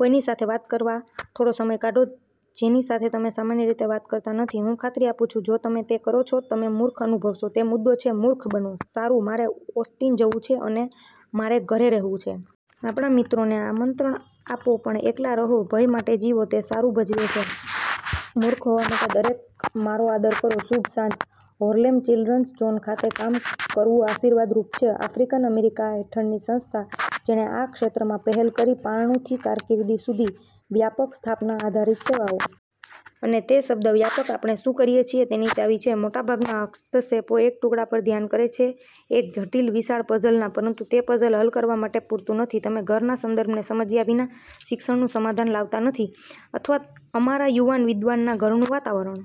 કોઈની સાથે વાત કરવા થોડો સમય કાઢો જેની સાથે તમે સામાન્ય રીતે વાત કરતા નથી. હું ખાતરી આપું છું, જો તમે તે કરો છો, તમે મૂર્ખ અનુભવશો. તે મુદ્દો છે. મૂર્ખ બનો. સારું, મારે ઓસ્ટિન જવું છે, અને મારે ઘરે રહેવું છે. આપણા મિત્રોને આમંત્રણ આપો પણ એકલા રહો. ભય માટે જીવો. તે સારું ભજવે છે. મૂર્ખ હોવા માટે દરેક મારો આદર કરો. શુભ સાંજ. હાર્લેમ ચિલ્ડ્રન્સ ઝોન ખાતે કામ કરવું આશીર્વાદ રૂપ છે, આફ્રિકન-અમેરિકા હેઠળની સંસ્થા, જેણે આ ક્ષેત્રમાં પહેલ કરી પારણું થી કારકિર્દી સુધી, વ્યાપક સ્થાન-આધારિત સેવાઓ. અને તે શબ્દ, "વ્યાપક", આપણે શું કરીએ છીએ તેની ચાવી છે. મોટાભાગના હસ્તક્ષેપો એક ટુકડા પર ધ્યાન કરે છે એક જટિલ, વિશાળ પઝલના. પરંતુ તે પઝલ હલ કરવા માટે પૂરતું નથી. તમે ઘરના સંદર્ભને સમજ્યા વિના શિક્ષણનું સમાધાન લાવતા નથી અથવા અમારા યુવાન વિદ્વાનના ઘરનું વાતાવરણ.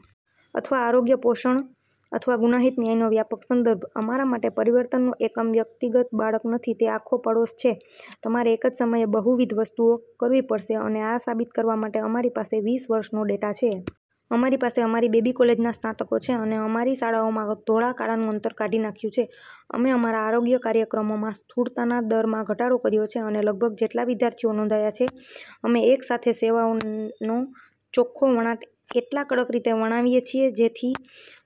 અથવા આરોગ્ય, પોષણ અથવા ગુનાહિત ન્યાયનો વ્યાપક સંદર્ભ. અમારા માટે પરિવર્તનનું એકમ વ્યક્તિગત બાળક નથી, તે આખો પડોશ છે. તમારે એક જ સમયે બહુવિધ વસ્તુઓ કરવી પડશે. અને આ સાબિત કરવા માટે અમારી પાસે વીસ વર્ષનો ડેટા છે. અમારી પાસે અમારી બેબી કોલેજના સ્નાતકો છે, અમે અમારી શાળાઓમાં ધોળા-કાળા નું અંતર કાઢી નાખ્યું છે. અમે અમારા આરોગ્ય કાર્યક્રમોમાં સ્થૂળતાના દરમાં ઘટાડો કર્યો છે અને લગભગ જેટલા વિદ્યાર્થીઓ નોંધાયા છે. અમે એક સાથે સેવાઓનો ચોખ્ખો વણાટ એટલા કડક રીતે વણાવીએ છીએ, જેથી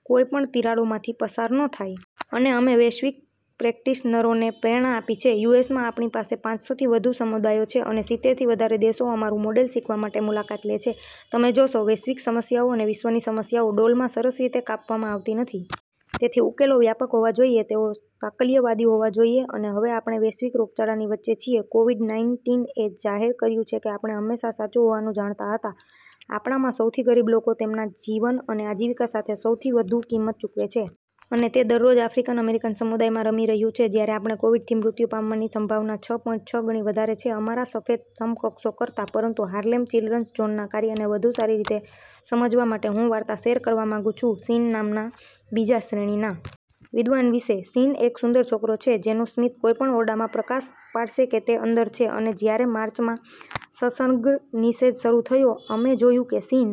કોઈ પણ તિરાડોમાંથી પસાર ન થાય. અને અમે વૈશ્વિક પ્રેક્ટિશનરોને પ્રેરણા આપી છે. યુ. એસ. માં આપણી પાસે પાંચસો થી વધુ સમુદાયો છે અને સિત્તેર થી વધારે દેશો અમારું મોડેલ શીખવા માટે મુલાકાત લે છે. તમે જોશો, વૈશ્વિક સમસ્યાઓ, અને વિશ્વની સમસ્યાઓ, ડોલમાં સરસ રીતે કાપવામાં આવતી નથી. તેથી ઉકેલો વ્યાપક હોવા જોઈએ, તેઓ સાકલ્યવાદી હોવા જોઈએ. અને હવે આપણે વૈશ્વિક રોગચાળાની વચ્ચે છીએ. કોવિડ -નાઈનટીન એ જાહેર કર્યું છે કે આપણે હંમેશાં સાચું હોવાનું જાણતા હતા. આપણામાં સૌથી ગરીબ લોકો તેમના જીવન અને આજીવિકા સાથે સૌથી વધુ કિંમત ચૂકવે છે. અને તે દરરોજ આફ્રિકન અમેરિકન સમુદાયમાં રમી રહ્યું છે, જ્યાં આપણે કોવિડથી મૃત્યુ પામવાની સંભાવના છ પોઇન્ટ છ ગણી વધારે છે અમારા સફેદ સમકક્ષો કરતા. પરંતુ હાર્લેમ ચિલ્ડ્રન્સ ઝોનના કાર્યને વધુ સારી રીતે સમજવા માટે, હું વાર્તા શેર કરવા માંગુ છું, સીન નામના બીજા-શ્રેણીના વિદ્વાન વિશે. સીન એક સુંદર છોકરો છે જેનું સ્મિત કોઈપણ ઓરડામાં પ્રકાશ પાડશે કે તે અંદર છે. અને જ્યારે માર્ચમાં સંસર્ગનિષેધ શરૂ થયો, અમે જોયું કે સીન